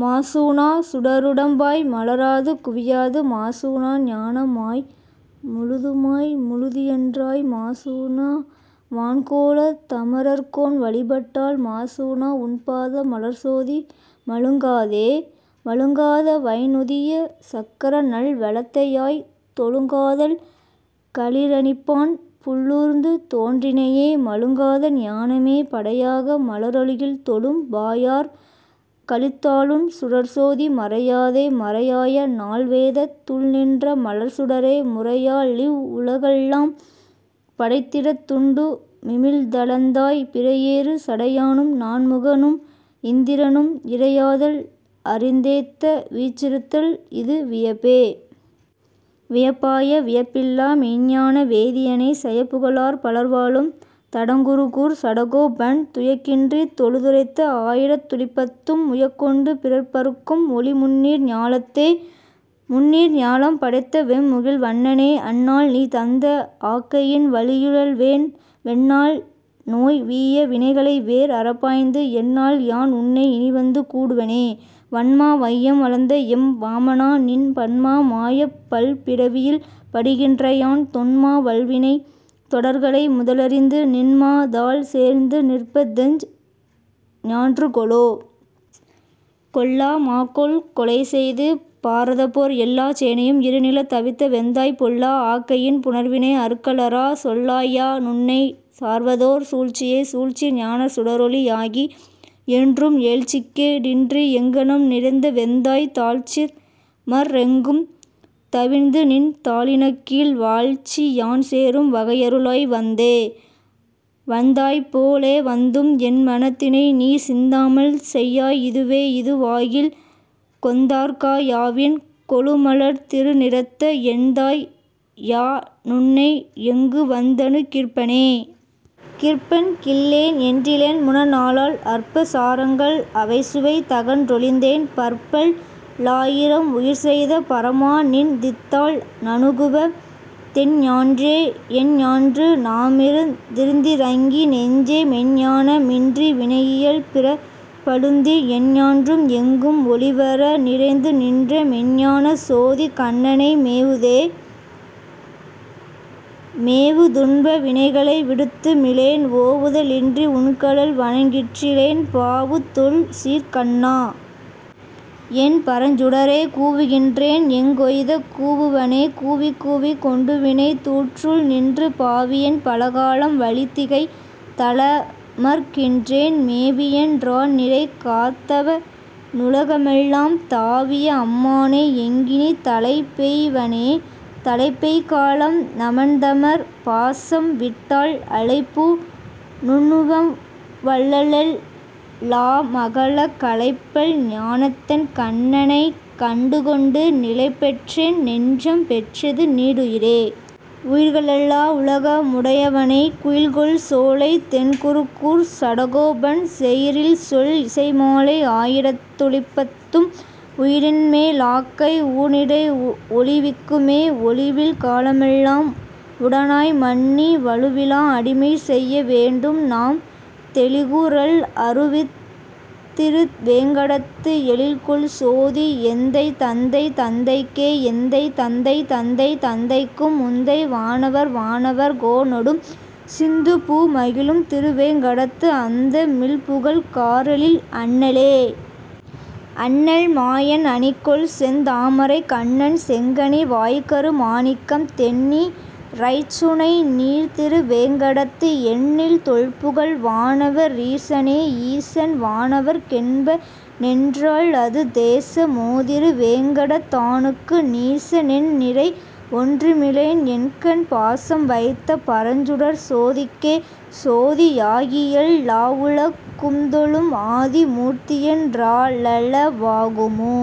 மாசூணாச் சுடருடம்பாய் மலராது குவியாது, மாசூணா ஞானமாய் முழுதுமாய் முழுதியன்றாய், மாசூணா வான்கோலத் தமரர்க்கோன் வழிபட்டால், மாசூணா உன்பாத மலர்சோதி மழுங்காதே?.. மழுங்காத வைந்நுதிய சக்கரநல் வலத்தையாய், தொழுங்காதல் களிறனிப்பான் புள்ளூர்ந்து தோன்றினையே, மழுங்காத ஞானமே படையாக, மலருலகில் தொழும்பாயார்க் களித்தாலுன் சுடர்ச்சோதி மறையாதே?.. மறையாய நால்வேதத் துள்நின்ற மலர்சுடரே, முறையாலிவ் வுலகெல்லாம் படைத்திடந்துண் டுமிழ்ந்தளந்தாய், பிறையேறு சடையானும் நான்முகனும் இந்திரனும் இறையாதல் அறிந்தேத்த வீற்றிருத்தல் இதுவியப்பே?. வியப்பாய வியப்பில்லா மெய்ஞ்ஞான வேதியனை, சயப்புகழார் பலர்வாழும் தடங்குருகூர் சடகோபன், துயக்கின்றித் தொழுதுரைத்த ஆயிரத்து ளிப்பத்தும், உயக்கொண்டு பிறப்பறுக்கும் ஒலிமுந்நீர் ஞாலத்தே. முந்நீர் ஞாலம் படைத்தவெம் முகில்வண்ணனே, அந்நாள்நீ தந்த ஆக்கையின் வழியுழல்வேன், வெந்நாள்நோய் வீய வினைகளைவேர் அறப்பாய்ந்து, எந்நாள்யான் உன்னை இனிவந்து கூடுவனே?.. வன்மா வையம் அளந்த எம் வாமனா, நின் பன்மா மாயப் பல்பிறவியில் படிகின்றயான், தொன்மா வல்வினைத் தொடர்களை முதலரிந்து, நின்மாதாள் சேர்ந்து நிற்பதெஞ் ஞான்றுகொலோ?.. கொல்லா மாக்கோல் கொலைசெய்து பாரதப்போர், எல்லாச் சேனையும் இருநிலத் தவித்தவெந்தாய், பொல்லா ஆக்கையின் புணர்வினை அறுக்கலறா, சொல்லாய்யா னுன்னைச் சார்வதோர் சூழ்ச்சியே... சூழ்ச்சி ஞானச் சுடரொளி யாகி, என்றும் ஏழ்ச்சிக்கே டின்றி எங்கணும் நிறைந்தவெந்தாய், தாழ்ச்சிமற் றெங்கும் தவிர்ந்துநின் தாளிணக்கீழ் வாழ்ச்சி, யான் சேரும் வகையருளாய் வந்தே... வந்தாய்போ லேவந்தும் என்மனத் தினைநீ, சிந்தாமல் செய்யாய் இதுவே யிதுவாகில், கொந்தார்க்கா யாவின் கொழுமலர்த் திருநிறத்த எந்தாய், யா னுன்னை எங்குவந் தணுகிற்பனே?.. கிற்பன் கில்லேன் என்றிலன் முனநாளால், அற்பசா ரங்கள் அவைசுவைத் தகன்றொழிந்தேன், பற்பல் லாயிரம் உயிர்செய்த பரமா, நின் தித்தாள் நணுகுவ தெஞ்ஞான்றே?.. எஞ்ஞான்று நாமிருந் திருந்திரங்கி நெஞ்சே. மெய்ஞ்ஞான மின்றி வினையியல் பிறப்பழுந்தி, எஞ்ஞான்றும் எங்கும் ஒழிவற நிறைந்துநின்ற, மெய்ஞ்ஞானச் சோதிக் கண்ணனை மேவுதே?.. மேவு துன்ப வினைகளை விடுத்துமிலேன், ஓவுத லின்றி உன்கழல் வணங்கிற்றிலேன், பாவுதொல் சீர்க்கண்ணா. என் பரஞ்சுடரே, கூவுகின்றேன் எங்கொய்தக் கூவுவனே?.. கூவிக்கூவிக் கொண்டுவினைத் தூற்றுள் நின்று பாவியேன் பலகாலம் வழிதிகைத் தலமர்க்கின்றேன், மேவியன் றாநிரை காத்தவ னுலகமெல்லாம், தாவிய அம்மானை எங்கினித் தலைப்பெய்வனே?.. தலைப்பெய் காலம் நமன்தமர் பாசம்விட்டால், அலைப்பூ ணுண்ணுமவ் வல்லலெல் லாமகல, கலைப்பல் ஞானத்தென் கண்ணனைக் கண்டுகொண்டு, நிலைப்பெற்றென் னெஞ்சம் பெற்றது நீடுயிரே.. உயிர்க ளெல்லா உலகமு முடையவனை, குயில்கொள் சோலைத் தென்குருகூர்ச் சடகோபன், செயிரில்சொல் இசைமாலை ஆயிரத்து ளிப்பத்தும், உயிரின்மே லாக்கை ஊனிடை ஒழிவிக்குமே. ஒழிவில் காலமெல்லாம் உடனாய் மன்னி, வழுவிலா அடிமை செய்ய வேண்டும்நாம், தெழிகு ரல்அரு வித்திரு வேங்கடத்து, எழில்கொள் சோதி எந்தைதந்தை தந்தைக்கே. எந்தை தந்தை தந்தை தந்தைக்கும் முந்தை, வானவர் வானவர் கோனொடும், சிந்துபூ மகிழும் திருவேங் கடத்து, அந்த மில்புகழ்க் காரெழில் அண்ணலே.. அண்ணல் மாயன் அணிகொள்செந் தாமரைக் கண்ணன், செங்கனி வாய்க்கரு மாணிக்கம், தெண்ணி றைச்சுனை நீர்த்திரு வேங்கடத்து, எண்ணில் தொல்புகழ் வானவ ரீசனே.. ஈசன் வானவர்க் கென்பனென் றால், அது தேச மோதிரு வேங்கடத் தானுக்கு?, நீச னென்நிறை வொன்றுமி லேன், என்கண் பாசம் வைத்த பரஞ்சுடர்ச் சோதிக்கே.. சோதி யாகியெல் லாவுல கும்தொழும், ஆதி மூர்த்தியென் றாலள வாகுமோ?,